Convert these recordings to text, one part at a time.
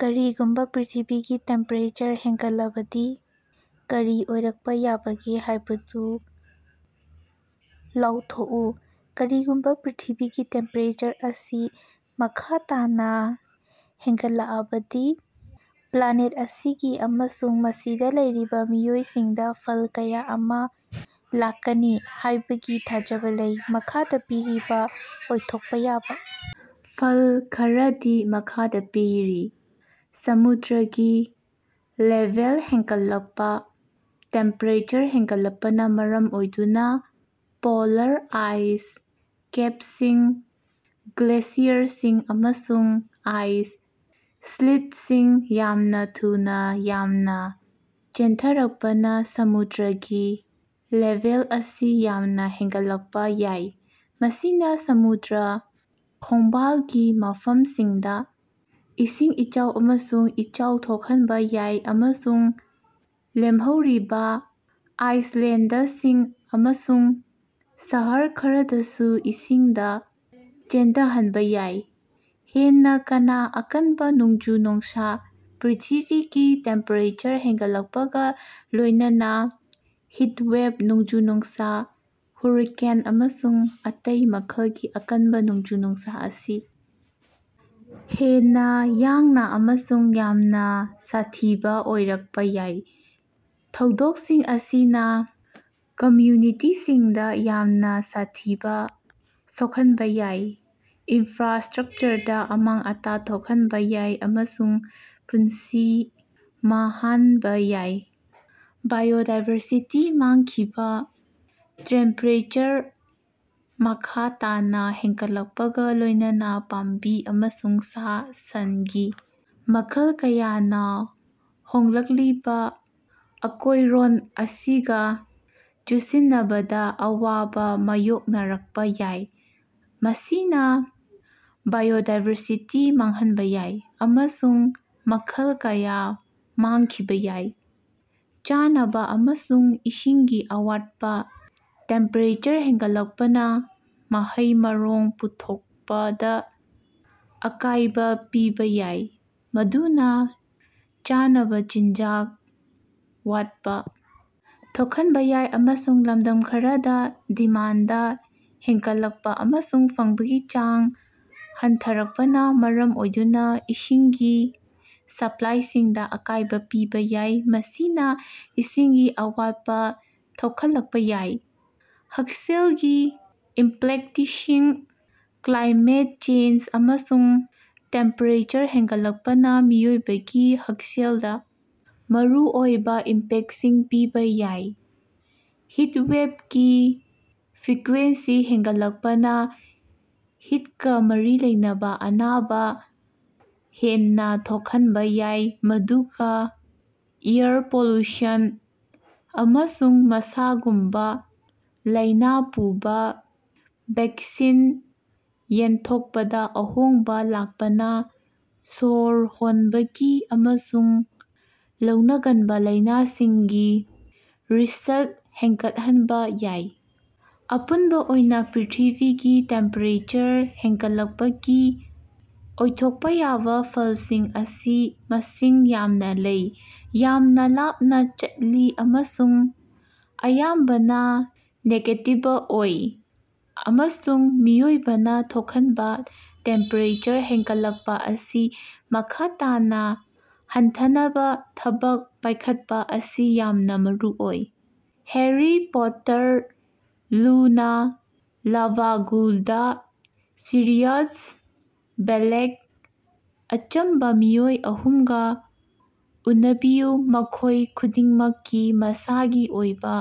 ꯀꯔꯤꯒꯨꯝꯕ ꯄ꯭ꯔꯤꯊꯤꯕꯤꯒꯤ ꯇꯦꯝꯄꯦꯔꯦꯆꯔ ꯍꯦꯟꯒꯠꯂꯛꯂꯕꯗꯤ ꯀꯔꯤ ꯑꯣꯏꯔꯛꯄ ꯌꯥꯕꯒꯦ ꯍꯥꯏꯕꯗꯨ ꯂꯥꯎꯊꯣꯛꯎ꯫ ꯀꯔꯤꯒꯨꯝꯕ ꯄ꯭ꯔꯤꯊꯤꯕꯤꯒꯤ ꯇꯦꯝꯄꯦꯔꯦꯆꯔ ꯑꯁꯤ ꯃꯈꯥ ꯇꯥꯅ ꯍꯦꯟꯒꯠꯂꯛꯂꯕꯗꯤ ꯄ꯭ꯂꯥꯅꯦꯠ ꯑꯁꯤꯒꯤ ꯑꯃꯁꯨꯡ ꯃꯁꯤꯗ ꯂꯩꯔꯤꯕ ꯃꯤꯑꯣꯏꯁꯤꯡꯗ ꯐꯜ ꯀꯌꯥ ꯑꯃ ꯂꯥꯛꯀꯅꯤ ꯍꯥꯏꯕꯒꯤ ꯊꯥꯖꯕꯥ ꯂꯩ꯫ ꯃꯈꯥꯗ ꯄꯤꯔꯤꯕ ꯑꯣꯏꯊꯣꯛꯄ ꯌꯥꯕ ꯐꯜ ꯈꯔꯗꯤ ꯃꯈꯥꯗ ꯄꯤꯔꯤ - ꯁꯃꯨꯗ꯭ꯔꯒꯤ ꯂꯦꯚꯦꯜ ꯍꯦꯟꯒꯠꯂꯛꯄ -ꯇꯦꯝꯄꯦꯔꯦꯆꯔ ꯍꯦꯟꯒꯠꯂꯛꯄꯅ ꯃꯔꯝ ꯑꯣꯏꯗꯨꯅ ꯄꯣꯂꯥꯔ ꯑꯥꯏꯁ ꯀꯦꯞꯁꯤꯡ, ꯒ꯭ꯂꯦꯁꯤꯌꯔꯁꯤꯡ, ꯑꯃꯁꯨꯡ ꯑꯥꯏꯁ ꯁꯤꯠꯁꯤꯡ ꯌꯥꯝꯅ ꯊꯨꯅ ꯌꯥꯡꯅ ꯆꯦꯟꯊꯔꯛꯄꯅꯥ ꯁꯃꯨꯗ꯭ꯔꯒꯤ ꯂꯦꯚꯦꯜ ꯑꯁꯤ ꯌꯥꯝꯅ ꯍꯦꯟꯒꯠꯂꯛꯄ ꯌꯥꯏ꯫ ꯃꯁꯤꯅ ꯁꯃꯨꯗ꯭ꯔ ꯈꯣꯡꯕꯥꯜꯒꯤ ꯃꯐꯝꯁꯤꯡꯗ ꯏꯁꯤꯡ ꯏꯆꯥꯎ ꯑꯃꯁꯨꯡ ꯏꯆꯥꯎ ꯊꯣꯛꯍꯟꯕ‌ ꯌꯥꯏ ꯑꯃꯁꯨꯡ ꯂꯦꯝꯍꯧꯔꯤꯕ ꯑꯥꯏꯂꯦꯟꯗꯁꯤꯡ ꯑꯃꯁꯨꯡ ꯁꯍꯔ ꯈꯔꯗꯁꯨ ꯏꯁꯤꯡꯗ ꯆꯦꯟꯊꯍꯟꯕ ꯌꯥꯏ꯫ ꯍꯦꯟꯅ‌ ꯀꯟꯅ ꯑꯀꯟꯕꯥ ꯅꯣꯡꯖꯨ-ꯅꯨꯡꯁ - ꯄ꯭ꯔꯤꯊꯤꯕꯤꯒꯤ ꯇꯦꯝꯄꯦꯔꯦꯆꯔ ꯍꯦꯟꯒꯠꯂꯛꯄꯒ ꯂꯣꯏꯅꯅꯥ ꯍꯤꯇꯋꯦꯚ, ꯅꯣꯡꯖꯨ-ꯅꯨꯡꯁꯥ, ꯍꯨꯔꯤꯀꯦꯟ ꯑꯃꯁꯨꯡ ꯑꯇꯩ ꯃꯈꯜꯒꯤ ꯑꯀꯟꯕ ꯅꯣꯡꯖꯨ-ꯅꯨꯡꯁꯥ ꯑꯁꯤ ꯍꯦꯟꯅ ꯌꯥꯡꯅ ꯑꯃꯁꯨꯡ ꯌꯥꯝꯅ ꯁꯥꯊꯤꯕ ꯑꯣꯏꯔꯛꯄ ꯌꯥꯏ꯫ ꯊꯧꯗꯣꯛꯁꯤꯡ ꯑꯁꯤꯅ ꯀꯝꯃ꯭ꯌꯨꯅꯤꯇꯤꯁꯤꯡꯗ ꯌꯥꯝꯅ ꯁꯥꯊꯤꯅ ꯁꯣꯛꯍꯟꯕ ꯌꯥꯏ, ꯏꯟꯐ꯭ꯔꯥꯁ꯭ꯇꯔꯛꯆꯔꯗꯥ ꯑꯃꯥꯡ-ꯑꯇꯥ ꯊꯣꯛꯍꯟꯕ ꯌꯥꯏ, ꯑꯃꯁꯨꯡ ꯄꯨꯟꯁꯤ ꯃꯥꯡꯍꯟꯕ ꯌꯥꯏ꯫ ꯕꯥꯏꯑꯣꯗꯥꯏꯕꯔꯁꯤꯇꯤ ꯃꯥꯡꯈꯤꯕ - ꯇꯦꯝꯄꯦꯔꯦꯆꯔ ꯃꯈꯥ ꯇꯥꯅꯥ ꯍꯦꯟꯒꯠꯂꯛꯄꯒꯥ ꯂꯣꯏꯅꯅꯥ, ꯄꯥꯝꯕꯤ ꯑꯃꯁꯨꯡ ꯁꯥ-ꯁꯟꯒꯤ ꯃꯈꯜ ꯀꯌꯥꯅ ꯍꯣꯡꯂꯛꯂꯤꯕ ꯑꯀꯣꯏꯔꯣꯟ ꯑꯁꯤꯒ ꯆꯨꯁꯤꯟꯅꯕꯗꯥ ꯑꯋꯥꯕ ꯃꯥꯌꯣꯛꯅꯔꯛꯄ ꯌꯥꯏ꯫ ꯃꯁꯤꯅ ꯕꯥꯏꯑꯣꯗꯥꯏꯕꯔꯁꯤꯇꯤ ꯃꯥꯡꯍꯟꯕ ꯌꯥꯏ, ꯑꯃꯁꯨꯡ ꯃꯈꯜ ꯀꯌꯥ ꯃꯥꯡꯈꯤꯕ ꯌꯥꯏ꯫ ꯆꯥꯅꯕꯥ ꯑꯃꯁꯨꯡ ꯏꯁꯤꯡꯒꯤ ꯑꯋꯥꯠꯄ - ꯇꯦꯝꯄꯦꯔꯦꯆꯔ ꯍꯦꯟꯒꯠꯂꯛꯄꯅꯥ ꯃꯍꯩ-ꯃꯔꯣꯡ ꯄꯨꯊꯣꯠꯄꯗꯥ ꯑꯀꯥꯏꯕ ꯄꯤꯕ‌ꯌꯥꯏ, ꯃꯗꯨꯅ ꯆꯥꯅꯕꯥ ꯆꯤꯟꯖꯥꯛ ꯋꯥꯠꯄꯥ ꯊꯣꯛꯍꯟꯕ ꯌꯥꯏ꯫ ꯑꯃꯁꯨꯡ, ꯂꯝꯗꯝ ꯈꯔꯗꯥ, ꯗꯤꯃꯥꯟꯗ ꯍꯦꯟꯒꯠꯂꯛꯄ ꯑꯃꯁꯨꯡ ꯐꯪꯕꯒꯤ ꯆꯥꯡ ꯍꯟꯊꯔꯛꯄꯅꯥ ꯃꯔꯝ ꯑꯣꯏꯗꯨꯅ ꯏꯁꯤꯡꯒꯤ ꯁꯄ꯭ꯂꯥꯏꯁꯤꯡꯗ ꯑꯀꯥꯏꯕ‌ ꯄꯤꯕ ꯌꯥꯏ, ꯃꯁꯤꯅ ꯏꯁꯤꯡꯒꯤ ꯑꯋꯥꯠꯄ ꯊꯣꯛꯍꯜꯂꯛꯄ ꯌꯥꯏ꯫ ꯍꯛꯁꯦꯜꯒꯤ ꯏꯝꯄꯦꯛꯇꯁꯤꯡ - ꯀ꯭ꯂꯥꯏꯃꯦꯠ ꯆꯦꯟꯖ ꯑꯃꯁꯨꯡ ꯇꯦꯝꯄꯦꯔꯦꯆꯔ ꯍꯦꯟꯒꯠꯂꯛꯄꯅꯥ ꯃꯤꯑꯣꯏꯕꯒꯤ ꯍꯛꯁꯦꯜꯗ ꯃꯔꯨꯑꯣꯏꯕ ꯏꯝꯄꯦꯛꯇꯁꯤꯡ ꯄꯤꯕ ꯌꯥꯏ꯫ ꯍꯤꯠꯋꯦꯕꯀꯤ ꯐ꯭ꯔꯤꯀ꯭ꯋꯦꯟꯁꯤ ꯍꯦꯟꯒꯠꯂꯛꯄꯅꯥ ꯍꯤꯠꯀꯥ ꯃꯔꯤ ꯂꯩꯅꯕꯥ ꯑꯅꯥꯕ ꯍꯦꯟꯅ ꯊꯣꯛꯍꯟꯕ ꯌꯥꯏ, ꯑꯗꯨꯒ ꯑꯦꯌꯔ ꯄꯣꯂꯨꯁꯟ ꯑꯃꯁꯨꯡ ꯃꯁꯥꯒꯨꯝꯕ ꯂꯥꯏꯅꯥ ꯄꯨꯕ ꯚꯦꯛꯁꯤꯟ ꯌꯦꯟꯊꯣꯛꯄꯗꯥ ꯑꯍꯣꯡꯕ ꯂꯥꯛꯄꯅꯥ ꯁꯣꯔ ꯍꯣꯟꯕꯒꯤ ꯑꯃꯁꯨꯡ ꯂꯧꯅꯒꯟꯕ ꯂꯥꯏꯅꯥꯁꯤꯡꯒꯤ ꯔꯤꯁ꯭ꯛ ꯍꯦꯟꯒꯠꯍꯟꯕꯥ ꯌꯥꯏ꯫ ꯑꯄꯨꯟꯕ ꯑꯣꯏꯅ, ꯄ꯭ꯔꯤꯊꯤꯕꯤꯒꯤ ꯇꯦꯝꯄꯦꯔꯦꯆꯔ ꯍꯦꯟꯒꯠꯂꯛꯄꯒꯤ ꯑꯣꯏꯊꯣꯛꯄ ꯌꯥꯕ ꯐꯜꯁꯤꯡ ꯑꯁꯤ ꯃꯁꯤꯡ ꯌꯥꯝꯅ ꯂꯩ, ꯌꯥꯝꯅ ꯂꯥꯞꯅ ꯆꯠꯂꯤ ꯑꯃꯁꯨꯡ ꯑꯌꯥꯝꯕꯅꯥ ꯅꯦꯒꯦꯇꯤꯕ ꯑꯣꯏ, ꯑꯃꯁꯨꯡ ꯃꯤꯑꯣꯏꯕꯅꯥ ꯊꯣꯛꯍꯟꯕ ꯇꯦꯝꯄꯦꯔꯦꯆꯔ ꯍꯦꯟꯒꯠꯂꯛꯄꯥ ꯑꯁꯤ ꯃꯈꯥ ꯇꯥꯅꯥ ꯍꯟꯊꯍꯟꯅꯕꯥ ꯊꯕꯛ ꯄꯥꯏꯈꯠꯄꯥ ꯑꯁꯤ ꯌꯥꯝꯅ ꯃꯔꯨꯑꯣꯏ꯫ Harry Potter, Luna Lovegood, Sirius Black. ꯑꯆꯝꯕ ꯃꯤꯑꯣꯏ ꯑꯍꯨꯝꯒ ꯎꯟꯕꯤꯌꯨ, ꯃꯈꯣꯏ ꯈꯨꯗꯤꯡꯃꯛꯀꯤ ꯃꯁꯥꯒꯤ ꯑꯣꯏꯕ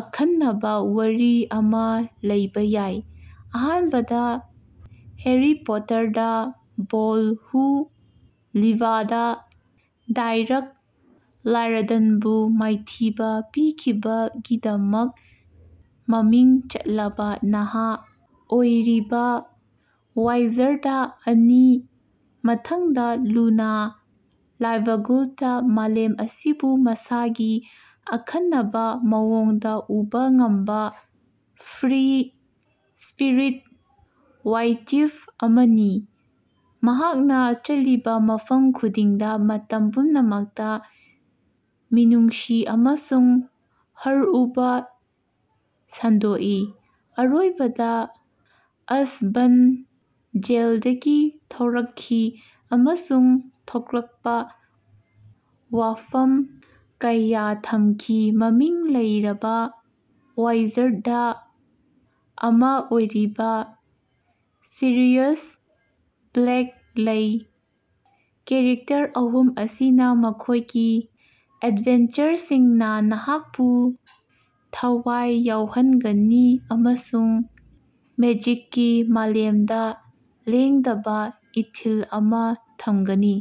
ꯑꯈꯟꯅꯕꯥ ꯋꯥꯔꯤ ꯑꯃꯥ ꯂꯤꯕꯥ ꯌꯥꯏ꯫ ꯑꯍꯥꯟꯕꯗꯥ, ꯍꯦꯔꯤ ꯄꯣꯇꯔ ꯗ ꯕꯣꯏ ꯍꯨ ꯂꯤꯚꯗ, ꯗꯥ꯭ꯔꯛ ꯂꯔꯗꯟꯕꯨ ꯃꯥꯏꯊꯤꯕ ꯄꯤꯈꯤꯕꯒꯤꯗꯃꯛ ꯃꯃꯤꯡ ꯆꯠꯂꯕꯥ ꯅꯍꯥ ꯑꯣꯏꯔꯤꯕ ꯋꯥꯏꯖꯥꯔꯗ ꯑꯃꯅꯤ꯫ ꯃꯊꯪꯗ ꯂꯨꯅꯥ ꯂ꯭ꯚꯒꯨꯗ, ꯃꯥꯂꯦꯝ ꯑꯁꯤꯕꯨ ꯃꯁꯥꯒꯤ ꯑꯈꯟꯅꯕꯥ ꯃꯑꯣꯡꯗ ꯎꯕꯥ ꯉꯝꯕ ꯐ꯭ꯔꯤ-ꯁ꯭ꯄꯤꯔꯤꯠ ꯋꯥꯏꯇꯦꯞ ꯑꯃꯅꯤ, ꯃꯍꯥꯛꯅ ꯆꯠꯂꯤꯕ ꯃꯐꯝ ꯈꯨꯗꯤꯡꯗ ꯃꯇꯝ ꯄꯨꯝꯅꯃꯛꯇ ꯃꯤꯅꯨꯡꯁꯤ ꯑꯃꯁꯨꯡ ꯍꯔꯥꯎꯕꯥ ꯁꯟꯗꯣꯛꯏ꯫ ꯑꯔꯣꯏꯕꯗꯥ, ꯑꯖꯀꯥꯕꯟ ꯖꯦꯜꯗꯒꯤ ꯊꯣꯔꯛꯈꯤꯕ‌ ꯑꯃꯁꯨꯡ ꯊꯣꯏꯗꯣꯛꯄ ꯋꯥꯐꯝ ꯀꯌꯥ ꯊꯝꯈꯤꯕ ꯃꯃꯤꯡ ꯂꯩꯔꯕꯥ ꯋꯥꯏꯖꯥꯔꯗ ꯑꯃ ꯑꯣꯏꯔꯤꯕ ꯁꯤꯔꯤꯌꯁ ꯕ꯭ꯂꯦꯛ ꯂꯩ꯫ ꯀꯦꯔꯦꯛꯇꯔ ꯑꯍꯨꯝ ꯑꯁꯤꯅ ꯃꯈꯣꯏꯒꯤ ꯑꯦꯗꯚꯦꯟꯆꯔꯁꯤꯡꯅ ꯅꯍꯥꯛꯄꯨ ꯊꯋꯥꯏ ꯌꯥꯎꯍꯟꯒꯅꯤ ꯑꯃꯁꯨꯡ ꯃꯦꯖꯤꯛꯀꯤ ꯃꯥꯂꯦꯝꯗ ꯂꯦꯡꯗꯕꯥ ꯏꯊꯤꯜ ꯑꯃꯥ ꯊꯝꯒꯅꯤ꯫